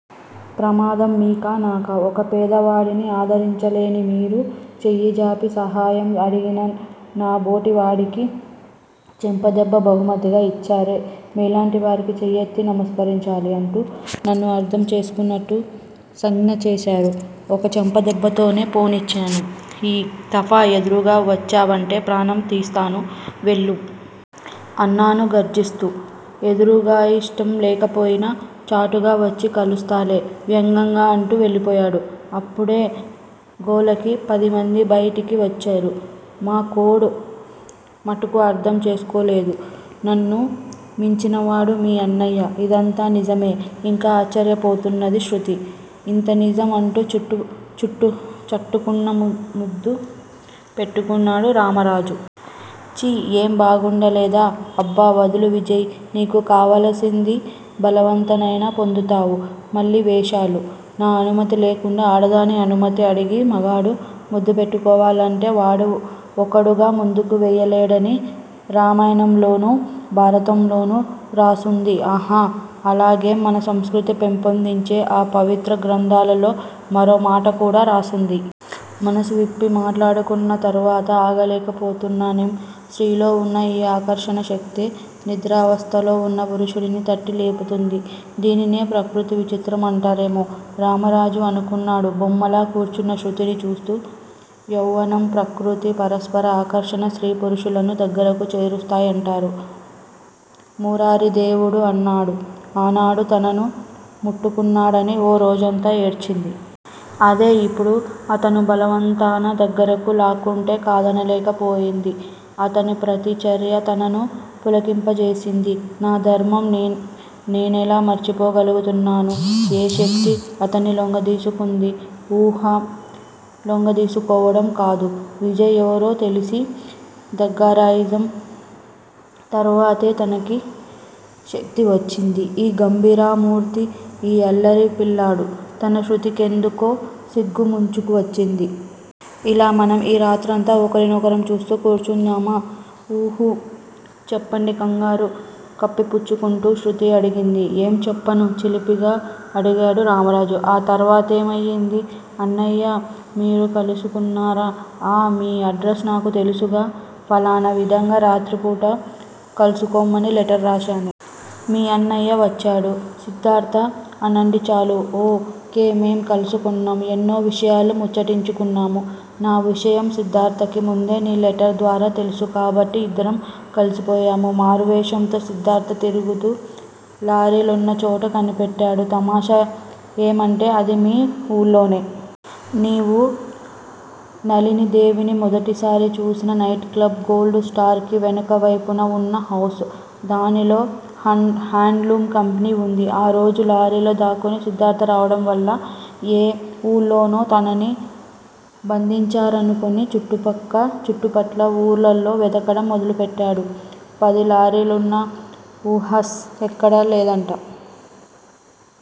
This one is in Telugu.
ప్రమాదం మీకా నాకా! ఒక పేదవాడిని ఆదరించలేని మీరు, చెయ్యి జాపి సహాయం అడిగిన నాబోటివాడికి చెంపదెబ్బ బహుమతిగా యిచ్చారే! మీలాంటివారికి చేయెత్తి నమస్కరించాలి. అంటూ నన్ను అర్థం చేసుకున్నట్టు సంజ్ఞ చేశాడు. ఒక్క చెంప దెబ్బతోనే పోనిచ్చాను. ఈ తఫా ఎదురుగా వచ్చావంటే ప్రాణం తీస్తాను, వెళ్ళు. అన్నాను గర్జిస్తూ. ఎదురుగాయిష్టంలేకపోతే చాటుగా వచ్చి కలుస్తాలే. వ్యంగ్యంగా అంటూ వెళ్ళిపోయాడు. అప్పుడే గోలకి పదిమంది బైటికి వచ్చారు. మా కోడ్ మటుకు అర్థం చేసుకోలేదు. నన్ను మించినవాడు మీ అన్నయ్య. ఇదంతా నిజమే? ఇంకా ఆశ్చర్యపోతున్నది శృతి. ఇంతనిజం అంటూ చటుక్కున ముద్దు పెట్టుకున్నాడు రామరాజు. ఛీ ఏం బాగుండలేదా? అబ్బ వదులు విజయ్! నీకు కావలసింది బలవంతానైనా పొందుతావు, మళ్ళీ వేషాలు, నా అనుమతి లేకుండా ఆడదాని అనుమతి అడిగి మగాడు ముద్దుపెట్టుకోవాలంటే వాడు ఒక్కడుగు ముందుకు వేయలేడని రామాయణంలోనో, భారతంలోనో రాసుంది ఆహా, అలాగేం మన సంస్కృతి పెంపొందించే ఆ పవిత్ర గ్రంథాలలో మరో మాటకూడా రాసుంది. మనసు విప్పి మాట్లాడుకున్న తర్వాత ఆగలేకపోతున్నానేం? స్త్రీలో వున్న ఈ ఆకర్షణశక్తే నిద్రావస్థలో వున్న పురుషుడిని తట్టి లేపుతుంది. దీనినే ప్రకృతి విచిత్రం అంటారేమో! రామరాజు అనుకున్నాడు, బొమ్మలా కూర్చున్న శృతిని చూస్తూ. యౌవనం, ప్రకృతి, పరస్పర ఆకర్షణ స్త్రీ పురుషులని దగ్గరకు చేరుస్తాయంటారు. మురారిదేముడు ఆనాడు తనను ముట్టుకున్నాడని ఓ రోజంతా ఏడ్చింది. అదే ఇప్పుడు అతను బలవంతాన దగ్గరకు లాక్కుంటే కాదనలేకపోయింది. అతని ప్రతి చర్యా తనను పులకింపజేస్తున్నది. నా ధర్మం నేనెలా మరిచిపొగలుగుతున్నాను! ఏ శక్తి తనని లోంగదీసుకుంది? ఊహూ లొంగదీసుకోవటం కాదు. విజయ్ ఎవరో తెలిసి, దగ్గరయిం తరవాతే తనకీ శక్తి వచ్చింది. ఈ గంభీరామూర్తి, ఈ అల్లారిపిల్లడు తన శృతికెందుకో సిగ్గు ముంచుకు వచ్చింది. ఇలా మనం ఈ రాత్రంతా ఒకరినొకరం చూస్తూ కూర్చుందామా! ఉహూ. చెప్పండి కంగారు కప్పిపుచ్చుకుంటూ శృతి అడిగింది. ఏం చెప్పను? చిలిపిగా అడిగాడు రామరాజు. ఆ తర్వాతేమయింది? అన్నయ్య, మీరు కలుసుకున్నారా! ఆ మీ అడ్రస్ నాకు తెలుసుగా? ఫలానా విధంగా రాత్రిపూట కల్సుకోమని లెటర్ రాశాను. మీ అన్నయ్య వచ్చాడు సిద్దార్థ అనండి చాలు. ఓ. కే. మేం కలుసుకున్నాం, ఎన్నో విషయాలు ముచ్చటించుకున్నాము. నా విషయం సిద్దార్థకి ముందే నీ లెటర్ ద్వారా తెలుసు. కాబట్టి ఇద్దరం కలిసిపోయాము. మారువేషంతో సిద్దార్థ తిరుగుతూ లారీలున్నచోటు కనిపెట్టాడు. తమాషా ఏమంటే అది మీ వూళ్ళోనే. నీవు నళినీదేవిని మొదటిసారి చూసిన నైట్ క్లబ్ గోల్డు స్టార్ కి వెనక వేపున వున్న హౌస్. దానిలో హాండ్ లూమ్ కంపెనీ వుంది. ఆ రోజు లారీలో దాక్కుని సిద్దార్థ రావడంవల్ల ఏ వూళ్ళోనో తనని బంధించారనుకుని చుట్టుపట్ల ఊళ్ళలో వెదకటం మొదలుపెట్టాడు. పది లారీలువున్నహవుస్ ఎక్కడాలేదుట.